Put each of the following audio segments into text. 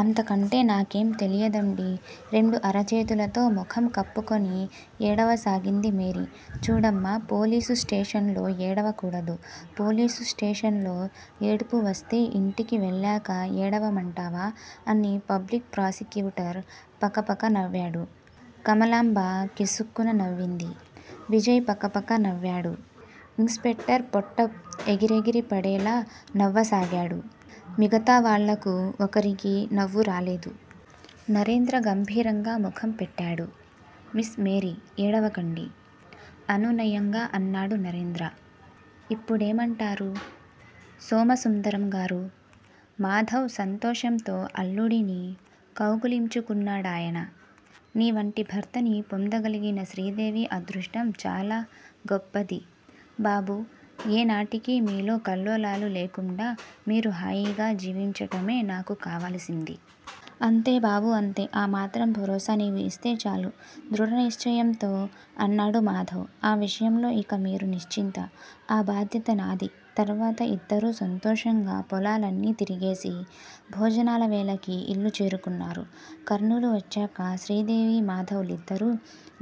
అంతకంటే నాకేం తెలియదండీ? రెండు అరచేతులతో ముఖం కప్పుకొని ఏడవ సాగింది మేరీ. చూడమ్మా! పోలీసు స్టేషల్లో ఏడవ కూడదు. పోలీసు స్టేషన్ లో ఏడుపువస్తే ఇంటికి వెళ్ళాక ఏడవమంటావా? అని పబ్లిక్ ప్రాసిక్యూటర్ పకపకనవ్వాడు. కమలాంబ కిసుక్కున నవ్వింది. విజయ్ పకపక నవ్వాడు. ఇన్స్ స్పెక్టర్ పొట్ట ఎగిగెగిరి పడేలా నవ్వసాగాడు, మిగతా వాళ్లకు ఒకరికీ నవ్వురాలేదు. నరేంద్ర గంభీరంగా ముఖం పెట్టాడు. Miss Mary! ఏడవకండీ. అనునయంగా అన్నాడు నరేంద్ర. ఇప్పుడేమంటారు సోమసుందరంగారూ? మాధవ్ సంతోషంతో అల్లుడిని కౌగిలించుకున్నాడాయన. నీ వంటి భర్తని పొందగలిగిన శ్రీదేవి అదృష్టం చాలా గొప్పది బాబూ, ఏ నాటికీ మీలో కల్లోలాలు లేకుండా మీరు హాయిగా జీవించటమే నాకు కావలసింది. అంతే బాబు, అంతే. ఆ మాత్రం భరోసా నీవు యిస్తే చాలు. దృడ నిశ్చయంతో అన్నాడు మాధవ్ ఆ విషయంలో ఇక మీరు నిశ్చంత. ఆ భాద్యత నాది. తర్వాత ఇద్దరూ సంతోషంగా పొలాలన్నీ తిరిగేసి, భోజనాల వేళకి యిల్లు చేరుకున్నారు. కర్నూలు వచ్చాక శ్రీదేవి మాధవ్ లిద్దరూ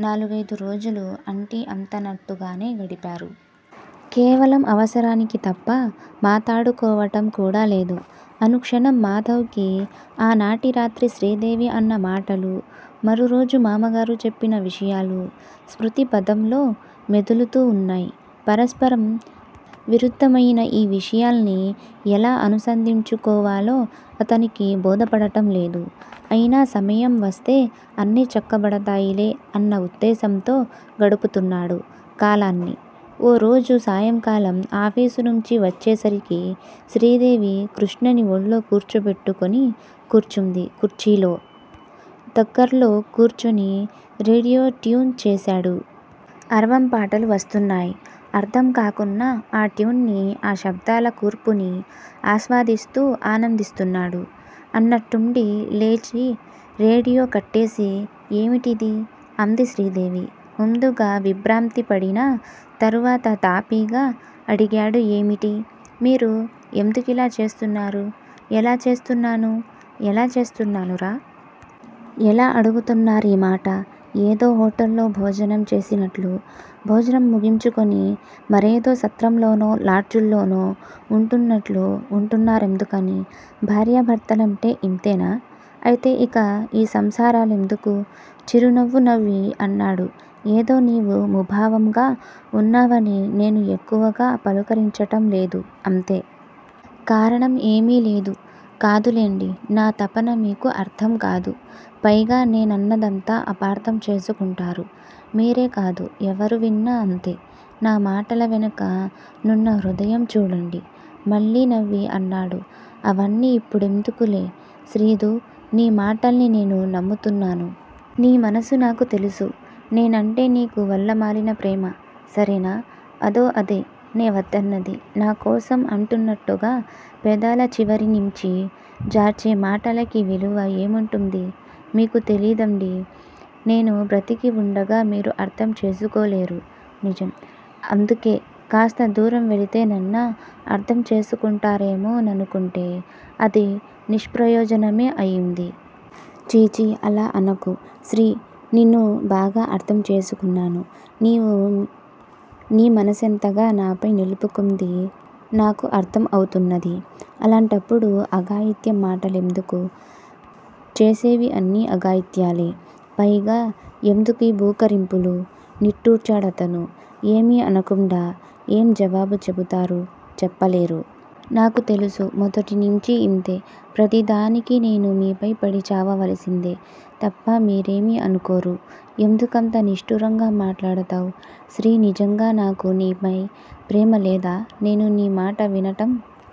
నాలుగయిదు రోజులు అంటి అంతనట్టుగానే గడిపారు. కేవలం అవసరాలకి తప్ప మాతడుకోవటం కూడా లేదు. ఆనుక్షణం మాధవ్ కి ఆ నాటి రాత్రి శ్రీదేవి అన్న మాటలు మరురోజు మామగారు చెప్పిన విషయాలు స్మృతి పధంలో మెదులుతూ వున్నాయ్. పరస్పరం విరుద్దమయిన యీ విషయాల్ని ఎలా అనుసంధించుకోవాలో అతనికి బోధపడటంలేదు. అయినా సమయం వస్తే అన్నీ చక్కబదతాయిలే అన్న వుద్దేశంతో గడుపుతున్నాడు కాలాన్ని, ఓ రోజు సాయంకాలం ఆఫీసునుంచి వచ్చేసరికి శ్రీదేవి కృష్ణని ఒళ్ళో కూర్చోబెట్టుకుని కూర్చునుంది కుర్చీలో, దగ్గర్లో కూర్చుని రేడియో ట్యూన్ చేశాడు. అరవం పాటలు వస్తున్నాయ్. అర్ధం కాకున్న ఆ ట్యూన్ని, ఆ శబ్దాల కూర్పుని ఆస్వాదిస్తూ ఆనందిస్తున్నాడు. ఉన్నట్టుండి లేచి రేడియో కట్టేసి ఏమిటిది? అంది శ్రీదేవి. ముందుగా విభ్రాంతి పడినా తర్వాత తాపిగా అడిగాడు ఏమిటి? మీరు ఎందుకిలా చేస్తున్నారు? ఎలా చేస్తున్నాను? ఎలా చేస్తున్నారా? ఎలా అడుగుతున్నారి మాట? ఏదో హొటల్ లో భోజనం చేసినట్లు భోజనం ముగించుకుని, మరేదో సత్రంలోనో లాడ్జోలోనో వుంటున్నట్లు వుంటున్నారెందుకని? భార్యా భర్తలంటే యింతేనా? అయితే యిక యీ సంసారాలెందుకు? చిరునవ్వు నవ్వి అన్నాడు ఏదో నీవు ముభావంగా వున్నావని నేనూ ఎక్కువగా పలుకరించటం లేదు అంతే. కారణం ఏమి లేదు. కాదు లెండి, నా తపన మీకు అర్ధం కాదు. పైగా నే నన్నదంతా అపార్ధం చేసుకుంటారు. మీరే కాదు. ఎవరూ విన్నా అంతే. నా మాటల వెనుక నున్న హృదయం చూడండి. మళ్ళీ నవ్వి అన్నాడు అవన్నీ యిప్పుడేందుకులే శ్రీదూ--నీ మాటల్ని నేను నమ్ముతున్నాను. నీ మనసు నాకు తెలుసు. నేనేంటే నీకు వల్లమాలినప్రేమ. సరేనా? అదో అదే నే వద్దన్నది. నా కోసం అంటున్నట్టుగా పెదాల చివరి నించి జార్చే మాటలకి విలువ ఏముంటుంది? మీకు తెలీదండి. నేను బ్రతికి వుండగా మీరు అర్ధం చేసుకోలేరు. నిజం. అందుకే కాస్త దూరం వెళితే నన్న అర్ధం చేసుకుంటారేమో ననుకుంటే అది నిష్ప్రయోజనమే అయింది. చీ! చీ! అలా అనకు శ్రీ, నిన్ను బాగా అర్ధం చేసుకున్నాను. నీవు నీ మనసెంతగా నాపై నిలుపుకుంది నాకు అర్ధం అవుతున్నది. అలాంటప్పుడు అఘాయిత్యం మాట లెందుకు? చేసేవి అన్నీ అఘాయిత్యాలే! పైగా ఎందుకీ బూకరింపులు? నిట్టుర్చాడతను ఏమి అనకుండా. ఏం జవాబు చెపుతారు, చెప్పలేరు. నాకు తెలుసు, మొదటినించి యింతే. ప్రతిదానికి నేను మీపై పడి చావవలసిందే తప్ప మీరేమి అనుకోరు. ఎందుకంత నిష్టూరంగా మాటాడతావ్? శ్రీ నిజంగా నాకు నీపై ప్రేమలేదా? నేను నీ మాట వినటం